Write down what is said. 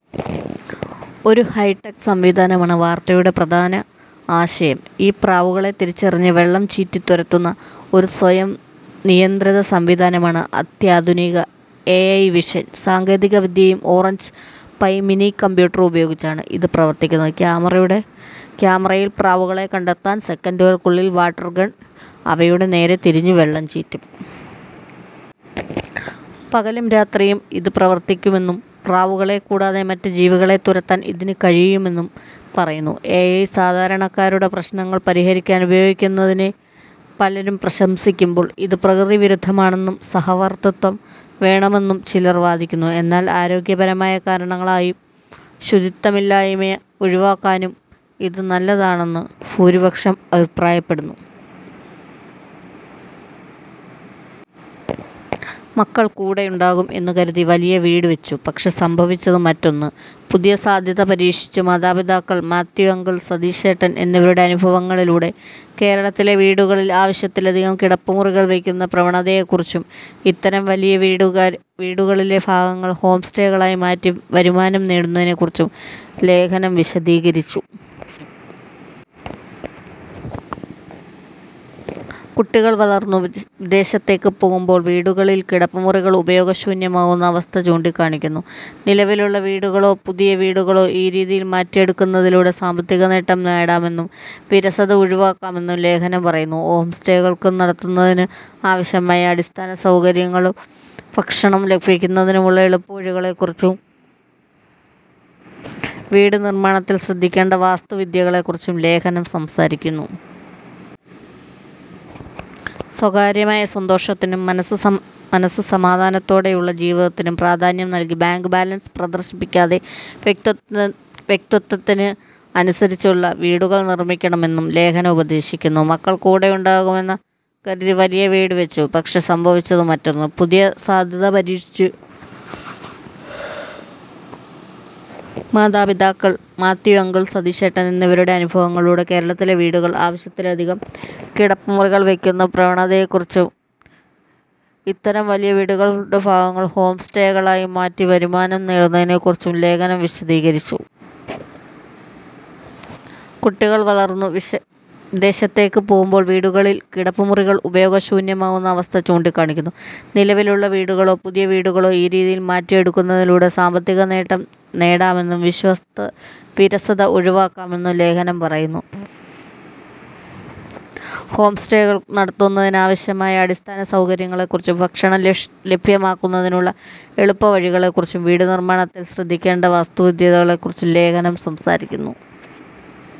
ഒരു ഹൈടെക് സംവിധാനമാണ് വാർത്തയുടെ പ്രധാന ആശയം. ഇത് പ്രാവുകളെ തിരിച്ചറിഞ്ഞ് വെള്ളം ചീറ്റി തുരത്തുന്ന ഒരു സ്വയംനിയന്ത്രിത സംവിധാനമാണ്. അത്യാധുനിക എഐ വിഷൻ സാങ്കേതികവിദ്യയും ഓറഞ്ച് പൈ മിനി കമ്പ്യൂട്ടറും ഉപയോഗിച്ചാണ് ഇത് പ്രവർത്തിക്കുന്നത്. ക്യാമറയിൽ പ്രാവുകളെ കണ്ടാൽ സെക്കൻഡുകൾക്കുള്ളിൽ വാട്ടർ ഗൺ അവയുടെ നേരെ തിരിഞ്ഞ് വെള്ളം ചീറ്റും. പകലും രാത്രിയും ഇത് പ്രവർത്തിക്കുമെന്നും, പ്രാവുകളെ കൂടാതെ മറ്റ് ജീവികളെയും തുരത്താൻ ഇതിന് കഴിയും എന്നും പറയുന്നു. എഐ സാധാരണക്കാരുടെ പ്രശ്നങ്ങൾ പരിഹരിക്കാൻ ഉപയോഗിക്കുന്നതിനെ പലരും പ്രശംസിക്കുമ്പോൾ, ഇത് പ്രകൃതിക്ക് വിരുദ്ധമാണെന്നും സഹവർത്തിത്വം വേണമെന്നും ചിലർ വാദിക്കുന്നു. എന്നാൽ ആരോഗ്യപരമായ കാരണങ്ങളാലും ശുചിത്വമില്ലായ്മ ഒഴിവാക്കാനും ഇത് നല്ലതാണെന്ന് ഭൂരിപക്ഷം അഭിപ്രായപ്പെടുന്നു. മക്കൾ കൂടെയുണ്ടാകും എന്നുകരുതി വലിയ വീട് വച്ചു; പക്ഷേ സംഭവിച്ചത് മറ്റൊന്ന്; പുതിയ സാധ്യത പരീക്ഷിച്ച് മാതാപിതാക്കൾ മാത്യു അങ്കിൾ, സതീശേട്ടൻ എന്നിവരുടെ അനുഭവങ്ങളിലൂടെ, കേരളത്തിലെ വീടുകളിൽ ആവശ്യത്തിലധികം കിടപ്പുമുറികൾ വയ്ക്കുന്ന പ്രവണതയെക്കുറിച്ചും, ഇത്തരം വലിയ വീടുകളുടെ ഭാഗങ്ങൾ ഹോംസ്റ്റേകളായി മാറ്റി വരുമാനം നേടുന്നതിനെക്കുറിച്ചും ലേഖനം വിശദീകരിക്കുന്നു. കുട്ടികൾ വളർന്നു വിദേശത്തേക്ക് പോകുമ്പോൾ വീടുകളിൽ കിടപ്പുമുറികൾ ഉപയോഗശൂന്യമാകുന്ന അവസ്ഥ ചൂണ്ടിക്കാണിക്കുന്നു. നിലവിലുള്ള വീടുകളോ പുതിയ വീടുകളോ ഈ രീതിയിൽ മാറ്റിയെടുക്കുന്നതിലൂടെ സാമ്പത്തിക നേട്ടം നേടാമെന്നും, വിരസത ഒഴിവാക്കാമെന്നും ലേഖനം പറയുന്നു. ഹോംസ്റ്റേകൾ നടത്തുന്നതിന് ആവശ്യമായ അടിസ്ഥാന സൗകര്യങ്ങളെക്കുറിച്ചും, ഭക്ഷണം ലഭ്യമാക്കുന്നതിനുള്ള എളുപ്പവഴികളെക്കുറിച്ചും, വീട് നിർമ്മാണത്തിൽ ശ്രദ്ധിക്കേണ്ട വാസ്തുവിദ്യകളെക്കുറിച്ചും ലേഖനം സംസാരിക്കുന്നു. സ്വകാര്യമായ സന്തോഷത്തിനും മനസ്സ് സമാധാനത്തോടെയുള്ള ജീവിതത്തിനും പ്രാധാന്യം നൽകി, ബാങ്ക് ബാലൻസ് പ്രദർശിപ്പിക്കാതെ, വ്യക്തിത്വത്തിന് അനുസരിച്ചുള്ള വീടുകൾ നിർമ്മിക്കണമെന്നും ലേഖനം ഉപദേശിക്കുന്നു. മക്കൾ കൂടെയുണ്ടാകും എന്നുകരുതി വലിയ വീട് വച്ചു; പക്ഷേ സംഭവിച്ചത് മറ്റൊന്ന്; പുതിയ സാധ്യത പരീക്ഷിച്ച് മാതാപിതാക്കൾ മാത്യു അങ്കിൾ, സതീശേട്ടൻ എന്നിവരുടെ അനുഭവങ്ങളിലൂടെ, കേരളത്തിലെ വീടുകളിൽ ആവശ്യത്തിലധികം കിടപ്പുമുറികൾ വയ്ക്കുന്ന പ്രവണതയെക്കുറിച്ചും, ഇത്തരം വലിയ വീടുകളുടെ ഭാഗങ്ങൾ ഹോംസ്റ്റേകളായി മാറ്റി വരുമാനം നേടുന്നതിനെക്കുറിച്ചും ലേഖനം വിശദീകരിക്കുന്നു. കുട്ടികൾ വളർന്നു വിദേശത്തേക്ക് പോകുമ്പോൾ വീടുകളിൽ കിടപ്പുമുറികൾ ഉപയോഗശൂന്യമാകുന്ന അവസ്ഥ ചൂണ്ടിക്കാണിക്കുന്നു. നിലവിലുള്ള വീടുകളോ പുതിയ വീടുകളോ ഈ രീതിയിൽ മാറ്റിയെടുക്കുന്നതിലൂടെ സാമ്പത്തിക നേട്ടം നേടാമെന്നും, വിരസത ഒഴിവാക്കാമെന്നും ലേഖനം പറയുന്നു. ഹോംസ്റ്റേകൾ നടത്തുന്നതിന് ആവശ്യമായ അടിസ്ഥാന സൗകര്യങ്ങളെക്കുറിച്ചും, ഭക്ഷണം ലഭ്യമാക്കുന്നതിനുള്ള എളുപ്പവഴികളെക്കുറിച്ചും, വീട് നിർമ്മാണത്തിൽ ശ്രദ്ധിക്കേണ്ട വാസ്തുവിദ്യകളെക്കുറിച്ചും ലേഖനം സംസാരിക്കുന്നു.